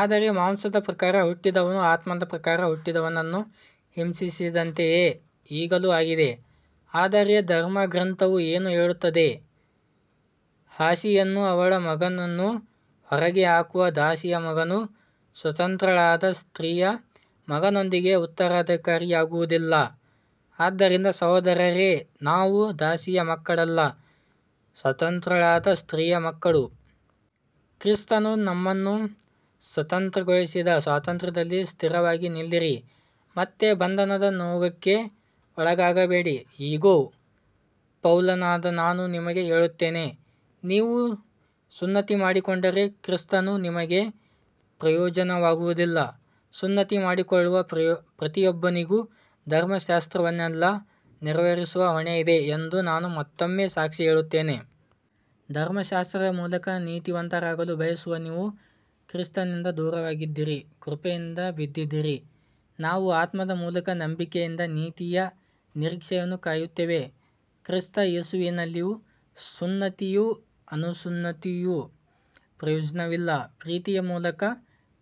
ಆದರೆ ಮಾಂಸದ ಪ್ರಕಾರ ಹುಟ್ಟಿದವನು ಆತ್ಮದ ಪ್ರಕಾರ ಹುಟ್ಟಿದವನನ್ನು ಹಿಂಸಿಸಿದಂತೆಯೇ ಈಗಲೂ ಆಗಿದೆ. ಆದರೆ ಧರ್ಮಗ್ರಂಥವು ಏನು ಹೇಳುತ್ತದೆ. ದಾಸಿಯನ್ನೂ ಅವಳ ಮಗನನ್ನೂ ಹೊರಗೆ ಹಾಕು, ದಾಸಿಯ ಮಗನು ಸ್ವತಂತ್ರಳಾದ ಸ್ತ್ರೀಯ ಮಗನೊಂದಿಗೆ ಉತ್ತರಾಧಿಕಾರಿಯಾಗುವುದಿಲ್ಲ. ಆದ್ದರಿಂದ ಸಹೋದರರೇ, ನಾವು ದಾಸಿಯ ಮಕ್ಕಳಲ್ಲ, ಸ್ವತಂತ್ರಳಾದ ಸ್ತ್ರೀಯ ಮಕ್ಕಳು. ಕ್ರಿಸ್ತನು ನಮ್ಮನ್ನು ಸ್ವತಂತ್ರಗೊಳಿಸಿದ ಸ್ವಾತಂತ್ರ್ಯದಲ್ಲಿ ಸ್ಥಿರವಾಗಿ ನಿಲ್ಲಿರಿ, ಮತ್ತೆ ಬಂಧನದ ನೊಗಕ್ಕೆ ಒಳಗಾಗಬೇಡಿ. ಇಗೋ, ಪೌಲನಾದ ನಾನು ನಿಮಗೆ ಹೇಳುತ್ತೇನೆ, ನೀವು ಸುನ್ನತಿ ಮಾಡಿಸಿಕೊಂಡರೆ ಕ್ರಿಸ್ತನು ನಿಮಗೆ ಪ್ರಯೋಜನವಾಗುವುದಿಲ್ಲ. ಸುನ್ನತಿ ಮಾಡಿಸಿಕೊಳ್ಳುವ ಪ್ರತಿಯೊಬ್ಬನಿಗೂ ಧರ್ಮಶಾಸ್ತ್ರವನ್ನೆಲ್ಲಾ ನೆರವೇರಿಸುವ ಹೊಣೆ ಇದೆ ಎಂದು ನಾನು ಮತ್ತೊಮ್ಮೆ ಸಾಕ್ಷಿ ಹೇಳುತ್ತೇನೆ. ಧರ್ಮಶಾಸ್ತ್ರದ ಮೂಲಕ ನೀತಿವಂತರಾಗಲು ಬಯಸುವ ನೀವು ಕ್ರಿಸ್ತನಿಂದ ದೂರವಾಗಿದ್ದೀರಿ, ಕೃಪೆಯಿಂದ ಬಿದ್ದಿದ್ದೀರಿ. ನಾವು ಆತ್ಮದ ಮೂಲಕ ನಂಬಿಕೆಯಿಂದ ನೀತಿಯ ನಿರೀಕ್ಷೆಯನ್ನು ಕಾಯುತ್ತೇವೆ. ಕ್ರಿಸ್ತ ಯೇಸುವಿನಲ್ಲಿ ಸುನ್ನತಿಯೂ ಅಸುನ್ನತಿಯೂ ಪ್ರಯೋಜನವಿಲ್ಲ, ಪ್ರೀತಿಯ ಮೂಲಕ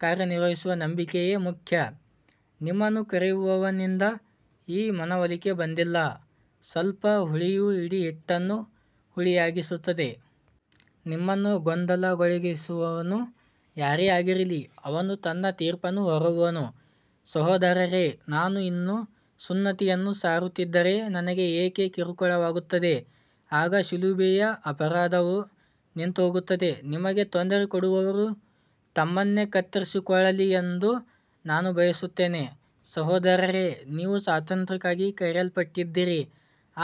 ಕಾರ್ಯನಿರ್ವಹಿಸುವ ನಂಬಿಕೆಯೇ ಮುಖ್ಯ. ನಿಮ್ಮನ್ನು ಕರೆಯುವವನಿಂದ ಈ ಮನವೊಲಿಕೆ ಬಂದಿಲ್ಲ. ಸ್ವಲ್ಪ ಹುಳಿಯು ಇಡೀ ಹಿಟ್ಟನ್ನು ಹುಳಿಯಾಗಿಸುತ್ತದೆ. ನಿಮ್ಮನ್ನು ಗೊಂದಲಗೊಳಿಸುವವನು ಯಾರೇ ಆಗಿರಲಿ, ಅವನು ತನ್ನ ತೀರ್ಪನ್ನು ಹೊರುವನು. ಸಹೋದರರೇ, ನಾನು ಇನ್ನೂ ಸುನ್ನತಿಯನ್ನು ಸಾರುತ್ತಿದ್ದರೆ ನನಗೆ ಏಕೆ ಕಿರುಕುಳವಾಗುತ್ತದೆ. ಆಗ ಶಿಲುಬೆಯ ಅಪರಾಧವು ನಿಂತುಹೋಗುತ್ತದೆ. ನಿಮಗೆ ತೊಂದರೆ ಕೊಡುವವರು ತಮ್ಮನ್ನೇ ಕತ್ತರಿಸಿಕೊಳ್ಳಲಿ ಎಂದು ನಾನು ಬಯಸುತ್ತೇನೆ. ಸಹೋದರರೇ, ನೀವು ಸ್ವಾತಂತ್ರ್ಯಕ್ಕಾಗಿ ಕರೆಯಲ್ಪಟ್ಟಿದ್ದೀರಿ.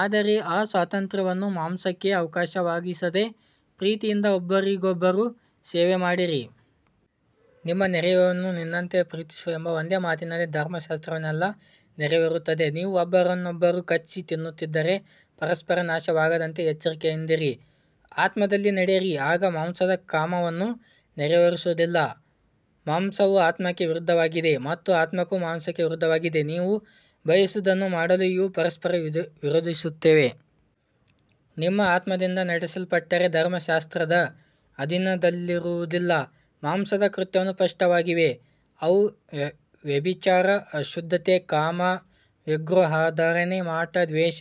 ಆದರೆ ಆ ಸ್ವಾತಂತ್ರ್ಯವನ್ನು ಮಾಂಸಕ್ಕೆ ಅವಕಾಶವಾಗಿಸದೆ ಪ್ರೀತಿಯಿಂದ ಒಬ್ಬರಿಗೊಬ್ಬರು ಸೇವೆ ಮಾಡಿರಿ. ನಿನ್ನ ನೆರೆಯವನನ್ನು ನಿನ್ನಂತೆಯೇ ಪ್ರೀತಿಸು ಎಂಬ ಒಂದೇ ಮಾತಿನಲ್ಲಿ ಧರ್ಮಶಾಸ್ತ್ರವೆಲ್ಲಾ ನೆರವೇರುತ್ತದೆ. ನೀವು ಒಬ್ಬರನ್ನೊಬ್ಬರು ಕಚ್ಚಿ ತಿನ್ನುತ್ತಿದ್ದರೆ ಪರಸ್ಪರ ನಾಶವಾಗದಂತೆ ಎಚ್ಚರಿಕೆಯಿಂದಿರಿ. ಆತ್ಮದಲ್ಲಿ ನಡೆಯಿರಿ, ಆಗ ಮಾಂಸದ ಕಾಮವನ್ನು ನೆರವೇರಿಸುವುದಿಲ್ಲ. ಮಾಂಸವು ಆತ್ಮಕ್ಕೆ ವಿರುದ್ಧವಾಗಿದೆ ಮತ್ತು ಆತ್ಮವು ಮಾಂಸಕ್ಕೆ ವಿರುದ್ಧವಾಗಿದೆ. ನೀವು ಬಯಸುವುದನ್ನು ಮಾಡಲು ಇವು ಪರಸ್ಪರ ವಿರೋಧಿಸುತ್ತವೆ. ನೀವು ಆತ್ಮದಿಂದ ನಡೆಸಲ್ಪಟ್ಟರೆ ಧರ್ಮಶಾಸ್ತ್ರದ ಅಧೀನದಲ್ಲಿರುವುದಿಲ್ಲ. ಮಾಂಸದ ಕೃತ್ಯಗಳು ಸ್ಪಷ್ಟವಾಗಿವೆ, ಅವು ವ್ಯಭಿಚಾರ, ಅಶುದ್ಧತೆ, ಕಾಮ, ವಿಗ್ರಹಾರಾಧನೆ, ಮಾಟ, ದ್ವೇಷ,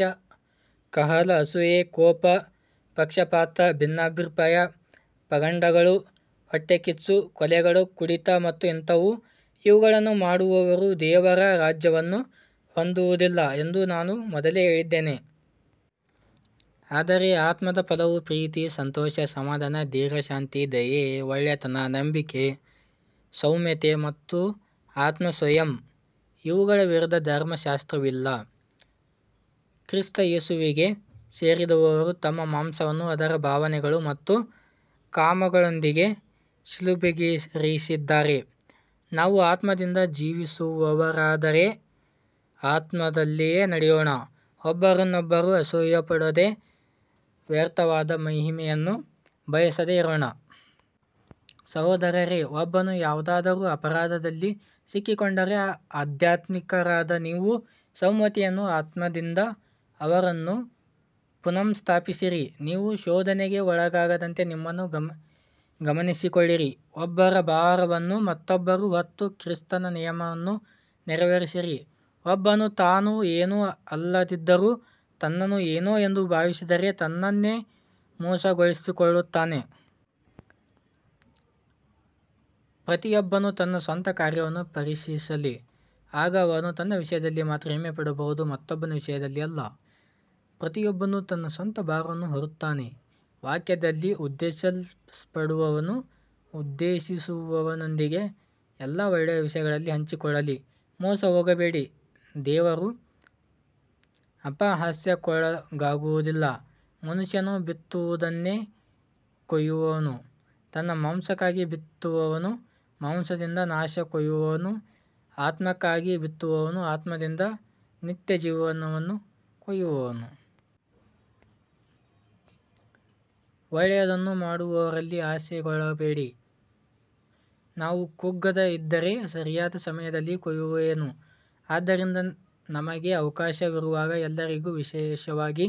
ಕಲಹ, ಅಸೂಯೆ, ಕೋಪ, ಪಕ್ಷಪಾತ, ಭಿನ್ನಾಭಿಪ್ರಾಯ, ಪಂಗಡಗಳು, ಹೊಟ್ಟೆಕಿಚ್ಚು, ಕೊಲೆಗಳು, ಕುಡಿತ ಮತ್ತು ಇಂಥವು. ಇವುಗಳನ್ನು ಮಾಡುವವರು ದೇವರ ರಾಜ್ಯವನ್ನು ಹೊಂದುವುದಿಲ್ಲ ಎಂದು ನಾನು ಮೊದಲೇ ಹೇಳಿದ್ದೇನೆ. ಆದರೆ ಆತ್ಮದ ಫಲವು ಪ್ರೀತಿ, ಸಂತೋಷ, ಸಮಾಧಾನ, ದೀರ್ಘಶಾಂತಿ, ದಯೆ, ಒಳ್ಳೆಯತನ, ನಂಬಿಕೆ, ಸೌಮ್ಯತೆ ಮತ್ತು ಆತ್ಮಸಂಯಮ. ಇವುಗಳ ವಿರುದ್ಧ ಧರ್ಮಶಾಸ್ತ್ರವಿಲ್ಲ. ಕ್ರಿಸ್ತ ಯೇಸುವಿಗೆ ಸೇರಿದವರು ತಮ್ಮ ಮಾಂಸವನ್ನು ಅದರ ಭಾವನೆಗಳು ಮತ್ತು ಕಾಮಗಳೊಂದಿಗೆ ಶಿಲುಬೆಗೇರಿಸಿದ್ದಾರೆ. ನಾವು ಆತ್ಮದಿಂದ ಜೀವಿಸುವವರಾದರೆ ಆತ್ಮದಲ್ಲೇ ನಡೆಯೋಣ. ಒಬ್ಬರನ್ನೊಬ್ಬರು ಅಸೂಯೆಪಡದೆ ವ್ಯರ್ಥವಾದ ಮಹಿಮೆಯನ್ನು ಬಯಸದೆ ಇರೋಣ. ಸಹೋದರರೇ, ಒಬ್ಬನು ಯಾವುದಾದರೂ ಅಪರಾಧದಲ್ಲಿ ಸಿಕ್ಕಿಕೊಂಡರೆ ಆಧ್ಯಾತ್ಮಿಕರಾದ ನೀವು ಸೌಮ್ಯತೆಯ ಆತ್ಮದಿಂದ ಅವನನ್ನು ಪುನಃಸ್ಥಾಪಿಸಿರಿ. ನೀವೂ ಶೋಧನೆಗೆ ಒಳಗಾಗದಂತೆ ನಿಮ್ಮನ್ನು ಗಮನಿಸಿಕೊಳ್ಳಿರಿ. ಒಬ್ಬರ ಭಾರವನ್ನು ಮತ್ತೊಬ್ಬರು ಹೊತ್ತು ಕ್ರಿಸ್ತನ ನಿಯಮವನ್ನು ನೆರವೇರಿಸಿರಿ. ಒಬ್ಬನು ತಾನು ಏನೂ ಅಲ್ಲದಿದ್ದರೂ ತನ್ನನ್ನು ಏನೋ ಎಂದು ಭಾವಿಸಿದರೆ ತನ್ನನ್ನೇ ಮೋಸಗೊಳಿಸಿಕೊಳ್ಳುತ್ತಾನೆ. ಪ್ರತಿಯೊಬ್ಬನು ತನ್ನ ಸ್ವಂತ ಕಾರ್ಯವನ್ನು ಪರಿಶೀಲಿಸಲಿ. ಆಗ ಅವನು ತನ್ನ ವಿಷಯದಲ್ಲಿ ಮಾತ್ರ ಹೆಮ್ಮೆಪಡಬಹುದು, ಮತ್ತೊಬ್ಬನ ವಿಷಯದಲ್ಲಿ ಅಲ್ಲ. ಪ್ರತಿಯೊಬ್ಬನು ತನ್ನ ಸ್ವಂತ ಭಾರವನ್ನು ಹೊರುತ್ತಾನೆ. ವಾಕ್ಯದಲ್ಲಿ ಉಪದೇಶಿಸಲ್ಪಡುವವನು ಉಪದೇಶಿಸುವವನೊಂದಿಗೆ ಎಲ್ಲಾ ಒಳ್ಳೆಯ ವಿಷಯಗಳಲ್ಲಿ ಹಂಚಿಕೊಳ್ಳಲಿ. ಮೋಸಹೋಗಬೇಡಿ, ದೇವರು ಅಪಹಾಸ್ಯಕ್ಕೊಳಗಾಗುವುದಿಲ್ಲ. ಮನುಷ್ಯನು ಬಿತ್ತುವುದನ್ನೇ ಕೊಯ್ಯುವನು. ತನ್ನ ಮಾಂಸಕ್ಕಾಗಿ ಬಿತ್ತುವವನು ಮಾಂಸದಿಂದ ನಾಶವನ್ನು ಕೊಯ್ಯುವನು, ಆತ್ಮಕ್ಕಾಗಿ ಬಿತ್ತುವವನು ಆತ್ಮದಿಂದ ನಿತ್ಯಜೀವವನ್ನು ಕೊಯ್ಯುವನು. ಒಳ್ಳೆಯದನ್ನು ಮಾಡುವುದರಲ್ಲಿ ಆಯಾಸಗೊಳ್ಳಬೇಡಿ. ನಾವು ಕುಗ್ಗದೆ ಇದ್ದರೆ ಸರಿಯಾದ ಸಮಯದಲ್ಲಿ ಕೊಯ್ಯುವೆವು. ಆದ್ದರಿಂದ ನಮಗೆ ಅವಕಾಶವಿರುವಾಗ ಎಲ್ಲರಿಗೂ, ವಿಶೇಷವಾಗಿ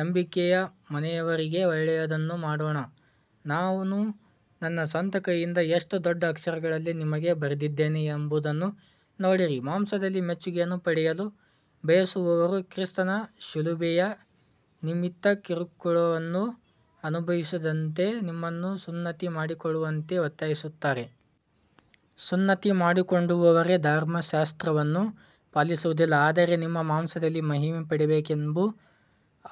ನಂಬಿಕೆಯ ಮನೆಯವರಿಗೆ, ಒಳ್ಳೆಯದನ್ನು ಮಾಡೋಣ. ನಾನು ನನ್ನ ಸ್ವಂತ ಕೈಯಿಂದ ಎಷ್ಟು ದೊಡ್ಡ ಅಕ್ಷರಗಳಲ್ಲಿ ನಿಮಗೆ ಬರೆದಿದ್ದೇನೆ ಎಂಬುದನ್ನು ನೋಡಿರಿ. ಮಾಂಸದಲ್ಲಿ ಮೆಚ್ಚುಗೆಯನ್ನು ಪಡೆಯಲು ಬಯಸುವವರು ಕ್ರಿಸ್ತನ ಶಿಲುಬೆಯ ನಿಮಿತ್ತ ಕಿರುಕುಳವನ್ನು ಅನುಭವಿಸದಂತೆ ನಿಮ್ಮನ್ನು ಸುನ್ನತಿ ಮಾಡಿಸಿಕೊಳ್ಳುವಂತೆ ಒತ್ತಾಯಿಸುತ್ತಾರೆ. ಸುನ್ನತಿ ಮಾಡಿಸಿಕೊಂಡವರೇ ಧರ್ಮಶಾಸ್ತ್ರವನ್ನು ಪಾಲಿಸುವುದಿಲ್ಲ, ಆದರೆ ನಿಮ್ಮ ಮಾಂಸದಲ್ಲಿ ಮಹಿಮೆಪಡಬೇಕೆಂದು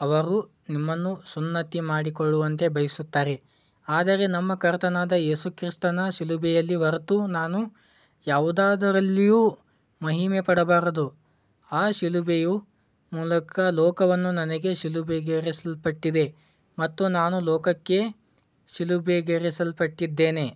ಅವರು ನಿಮ್ಮನ್ನು ಸುನ್ನತಿ ಮಾಡಿಸಿಕೊಳ್ಳುವಂತೆ ಬಯಸುತ್ತಾರೆ. ಆದರೆ ನಮ್ಮ ಕರ್ತನಾದ ಯೇಸು ಕ್ರಿಸ್ತನ ಶಿಲುಬೆಯಲ್ಲಿ ಹೊರತು ನಾನು ಯಾವುದರಲ್ಲಿಯೂ ಮಹಿಮೆಪಡಬಾರದು. ಆ ಶಿಲುಬೆಯ ಮೂಲಕ ಲೋಕವು ನನಗೆ ಶಿಲುಬೆಗೇರಿಸಲ್ಪಟ್ಟಿದೆ ಮತ್ತು ನಾನು ಲೋಕಕ್ಕೆ ಶಿಲುಬೆಗೇರಿಸಲ್ಪಟ್ಟಿದ್ದೇನೆ.